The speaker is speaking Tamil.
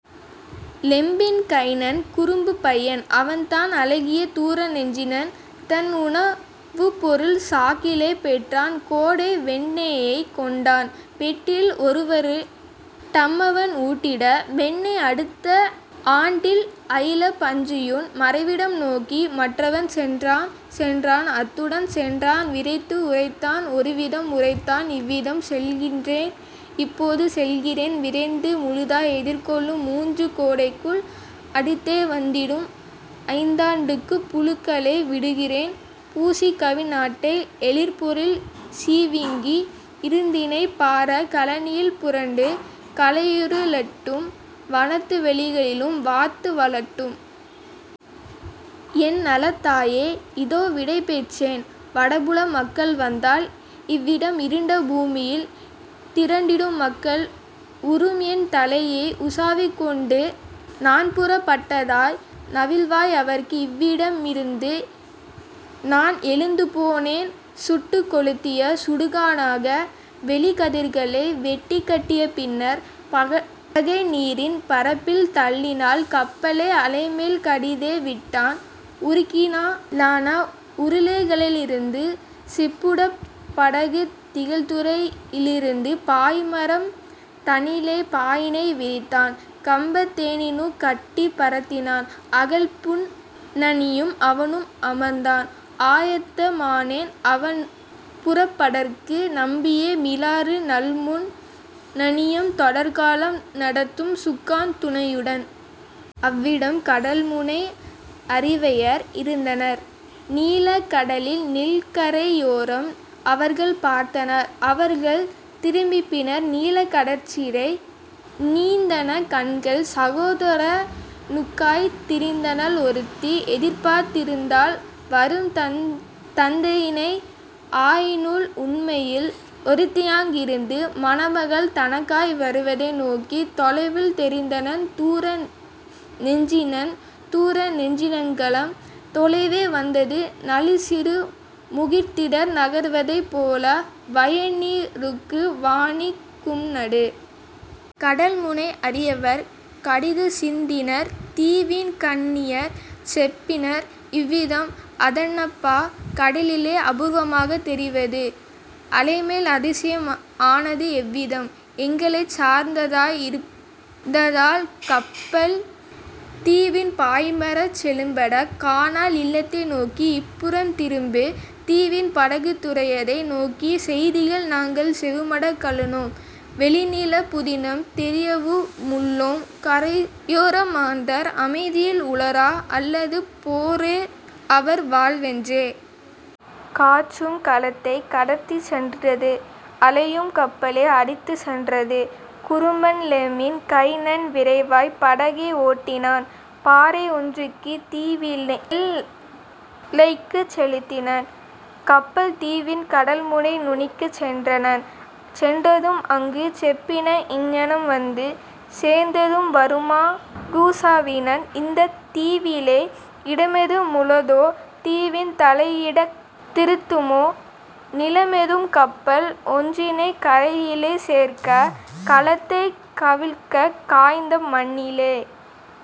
லெம்மின் கைனன் குறும்புப் பையன் அவன்தான் அழகிய தூர நெஞ்சினன் தன்உண வுப்பொருள் சாக்கிலே பெற்றான் கோடை வெண்ணெயைக் கொண்டான் பெட்டில் ஒருவரு டம்மவன் ஊட்டிட வெண்ணெய் அடுத்த ஆண்டில் அயிலப் பன்றியூன்; மறைவிடம் நோக்கி மற்றவன் சென்றான் சென்றான் அத்துடன் சென்றான் விரைத்து உரைத்தான் ஒருவிதம் உரைத்தான் இவ்விதம்: "செல்கின்றேன் இப்போ செல்கிறேன் விரைந்து முழுதாய் எதிர்கொளும் மூன்று கோடைக்கு அடுத்தே வந்திடும் ஐந்தாண் டுக்கு புழுக்களை விடுகிறேன் புசிக்கவிந் நாட்டை எழிற்பொழில் சிவிங்கி இருந்திளைப் பாற கழனியில் புரண்டு கலையுரு ளட்டும் வனத்து வெளிகளில் வாத்து வழட்டும். என்நலத் தாயே, இதோவிடை பெற்றேன், வடபுல மக்கள் வந்தால் இவ்விடம் இருண்ட பூமியின் திரண்டிடும் மக்கள் உறும்என் தலையை உசாவிக் கொண்டு நான்புறப் பட்டதாய் நவில்வாய் அவர்க்கு இவ்விட மிருந்துநான் எழுந்துபோ னேன் சுட்டுக் கொழுத்திய சுடுகானக வெளி கதிர்களை வெட்டிக் கட்டிய பின்னர். " படகை நீரின் பரப்பில் தள்ளினான் கப்பலை அலைமேல் கடிதே விட்டான் உருக்கினா லான உருளைக ளிருந்து செப்புப் படகுத் திகழ்துறை யிருந்து பாய்மரம் தனிலே பாயினை விரித்தான் கம்பத் தேனுனு கட்டிப் பரத்தினான்; அகல்பின் னணியம் அவனும் அமர்ந்தான் ஆயத்த மானேன் அவன்புறப் படற்கு நம்பியே மிலாறு நல்முன் னணியம் தொடர்காலம் நடத்தும் சுக்கான் துணையுடன். அவ்விடம் கடல்முனை அரிவையர் இருந்தனர் நீலக் கடலின் நிள்கரை யோரம் அவர்கள் பார்த்தனர் அவர்கள் திரும்பிபினர் நீலக் கடற்றிசை நீந்தன கண்கள் சகோதர னுக்காய்த் திரிந்தனள் ஒருத்தி எதிர்பார்த் திருந்தாள் வரும்தந் தையினை ஆயினுள் உண்மையில் ஒருத்தியாங் கிருந்தது மணமகன் தனக்காய் வருவதை நோக்கி. தொலைவில் தெரிந்தனன் தூர நெஞ்சினன் தூரநெஞ் சினன்கலம் தொலைவிலே வந்தது நளிர்சிறு முகிற்திடர் நகர்வதைப் போல வயன்நீ ருக்கும் வானுக் கும்நடு. கடல்முனை அரிவையர் கடிதுசிந் தினர் தீவின் கன்னியர் செப்பினர் இவ்விதம்: "அதெனப்பா கடலிலே அபூர்வமாக தெரிவது அலைமேல் அதிசயம் ஆனது எவ்விதம்? எங்களைச் சார்ந்ததாய் இருந்ததால் கப்பல் தீவின் பாய்மரச் செழும்பட கானால் இல்லத்தை நோக்கி இப்புறம் திரும்பு தீவின் படகுத் துறையதை நோக்கி: செய்திகள் நாங்கள் செவிமடுக் களுனோம் வெளிநிலப் புதினம் தெரியவு முள்ளோம் கரையோர மாந்தர் அமைதியில் உளரா அல்லது போரே அவர் வாழ்வென்றே. " காற்றும் கலத்தைக் கடத்திச் சென்றது அலையும் கப்பலை அடித்துச் சென்றது குறும்பன் லெம்மின் கைனன் விரைவாய் படகை ஓட்டினன் பாறை ஒன்றுக்கு தீவினெல் லைக்குச் செலுத்தினன் கப்பல் தீவின் கடல்முனை நுனிக்குச் சென்றனன். சென்றதும் அங்கு செப்பினன் இங்ஙனம் வந்து சேர்ந்ததும் வருமா றுசாவினன்: "இந்தத் தீவிலே இடமெது முளதோ தீவின் தலையிடத் திருக்குமோ நிலமெதும் கப்பல் ஒன்றினைக் கரையிலே சேர்க்க கலத்தைக் கவிழ்க்கக் காய்ந்த மண்ணிலே?